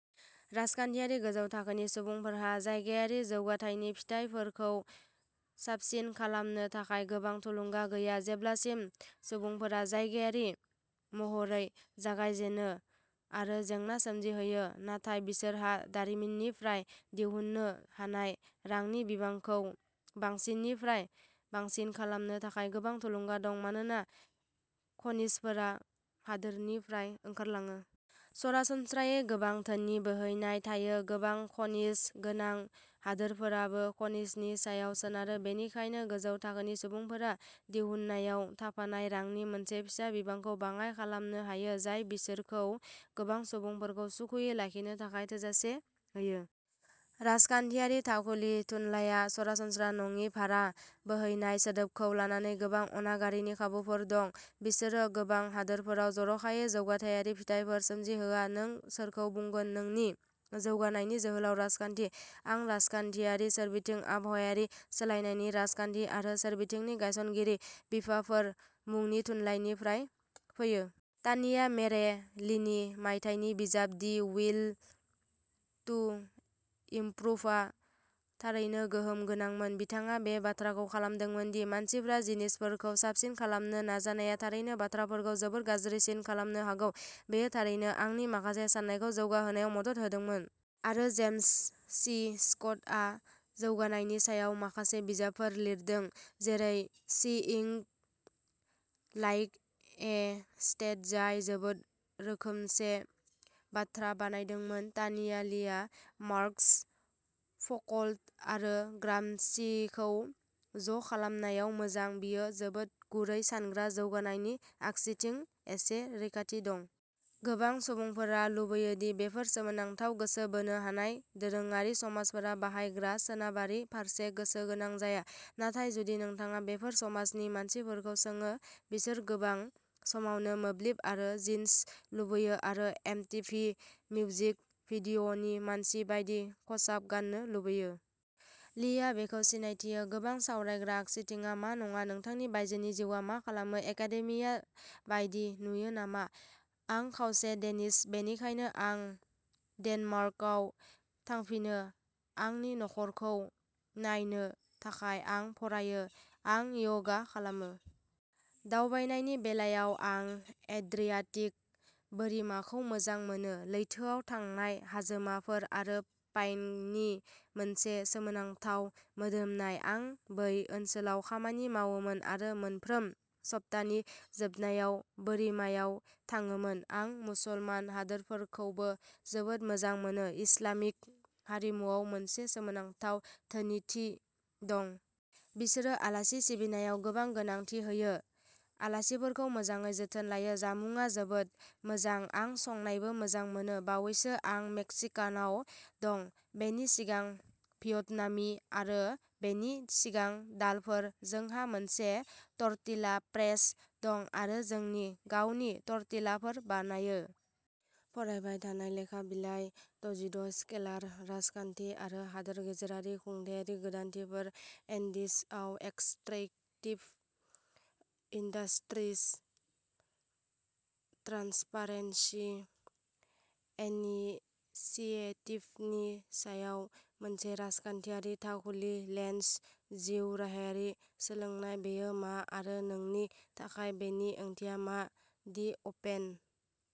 राजखान्थियारि गोजौ थाखोनि सुबुंफोरहा जायगायारि जौगाथायनि फिथायफोरखौ साबसिन खालामनो थाखाय गोबां थुलुंगा गैया, जेब्लासिम सुबुंफोरा जायगायारि महरै जागायजेनो आरो जेंना सोमजिहोयो नाथाय बिसोरहा दारिमिननिफ्राय दिहुननो हानाय रांनि बिबांखौ बांसिननिफ्राय बांसिन खालामनो थाखाय गोबां थुलुंगा दं मानोना खनिजफोरा हादोरनिफ्राय ओंखारलाङो। सरासनस्रायै गोबां धोननि बोहैनाय थायो। गोबां खनिज गोनां हादोरफोराबो खनिजनि सायाव सोनारो। बेनिखायनो गोजौ थाखोनि सुबुंफोरा दिहुननायाव थाफानाय रांनि मोनसे फिसा बिबांखौ बाङाय खालामनो हायो, जाय बिसोरखौ गोबां सुबुंफोरखौ सुखुयै लाखिनो थाखाय थोजासे होयो। राजखान्थियारि थाखुलि थुनलाइआ 'सरासनस्रा नङि भारा बोहैनाय' सोदोबखौ लानानै गोबां अनागारिनि खाबुफोर दं। बिसोरो गोबां हादोरफोराव जर'खायै जौगाथायारि फिथायफोर सोमजिहोआ। नों सोरखौ बुंगोन नोंनि जौगानायनि जोहोलाव राजखान्थि? आं राजखान्थियारि सोरबिथिं, आबहावायारि सोलायनायनि राजखान्थि आरो सोरबिथिंनि गायसनगिरि बिफाफोर मुंनि थुनलाइनिफ्राय फैयो। तानिया मुरे लिनि मायथाइनि बिजाब, दि उइल टु इमप्रुभआ थारैनो गोहोम गोनांमोन। बिथाङा बे बाथ्राखौ खालामदोंमोन दि मानसिफ्रा जिनिसफोरखौ साबसिन खालामनो नाजानाया थारैनो बाथ्राफोरखौ जोबोद गाज्रिसिन खालामनो हागौ। बेयो थारैनो आंनि माखासे साननायखौ जौगाहोनायाव मदद होदोंमोन। आरो जेम्स सि स्क'टआ जौगानायनि सायाव माखासे बिजाबफोर लिरदों, जेरै सीइंग लाइक ए स्टेट, जाय जोबोद रोखोमसे बाथ्रा बानायदोंमोन। तानिया लिआ मार्क्स, फ'क'ल्ट आरो ग्रामसिखौ ज' खालामनायाव मोजां। बियो जोबोद गुरै सानग्रा। जौगानायनि आगसिथिं एसे रैखाथि दं। गोबां सुबुंफोरा लुबैयो दि बेफोर सोमोनांथाव, गोसो बोनो हानाय, दोरोङारि समाजफोरा बाहायग्रा सोनाबारि फारसे गोसो गोनां जाया, नाथाय जुदि नोंथाङा बेफोर समाजनि मानसिफोरखौ सोङो, बिसोर गोबां समावनो मोब्लिब आरो जिन्स लुबैयो आरो एमटिभि मिउजिक भिडिअ'नि मानसि बायदि खसाब गान्नो लुबैयो। लिआ बेखौ सिनायथियो। गोबां सावरायग्रा आगसिथिंआ मा नङा। नोंथांनि बायजोनि जिउआ मा खालामो? एकाडेमिया बायदि नुयो नामा? आं खावसे डेनिश, बेनिखायनो आं डेनमार्काव थांफिनो आंनि नखरखौ नायनो थाखाय। आं फरायो, आं यगा खालामो। दावबायनायनि बेलायाव, आं एड्रियाटिक बोरिमाखौ मोजां मोनो, लैथोआव थांनाय हाजोमाफोर आरो पाइननि मोनसे सोमोनांथाव मोदोमनाय। आं बै ओनसोलाव खामानि मावोमोन आरो मोनफ्रोम सप्तानि जोबनायाव बोरिमायाव थाङोमोन। आं मुसलमान हादोरफोरखौबो जोबोद मोजां मोनो, इस्लामिक हारिमुआव मोनसे सोमोनांथाव धोनिथि दं। बिसोरो आलासि सिबिनायाव गोबां गोनांथि होयो, आलासिफोरखौ मोजाङै जोथोन लायो, जामुंआ जोबोद मोजां। आं संनायबो मोजां मोनो। बावैसो, आं मेक्सिकानआव दं। बेनि सिगां, भियतनामी आरो बेनि सिगां, दालफोर। जोंहा मोनसे टर्टिला प्रेस दं आरो जोंनि गावनि टर्टिलाफोर बानायो। फरायबाय थानाय लेखा बिलाइ द'जिद', स्केलार राजखान्थि आरो हादोर गेजेरारि खुंथायारि गोदानथिफोर, एन्डिजआव एक्सट्रैक्टिभ इन्डास्ट्रिज ट्रान्सपारेन्सि इनिसिएटिभनि सायाव मोनसे राजखान्थियारि थाखुलि लेन्स। जिउ राहायारि सोलोंनाय बेयो मा आरो नोंनि थाखाय बेनि ओंथिया मा? दि अपेन ।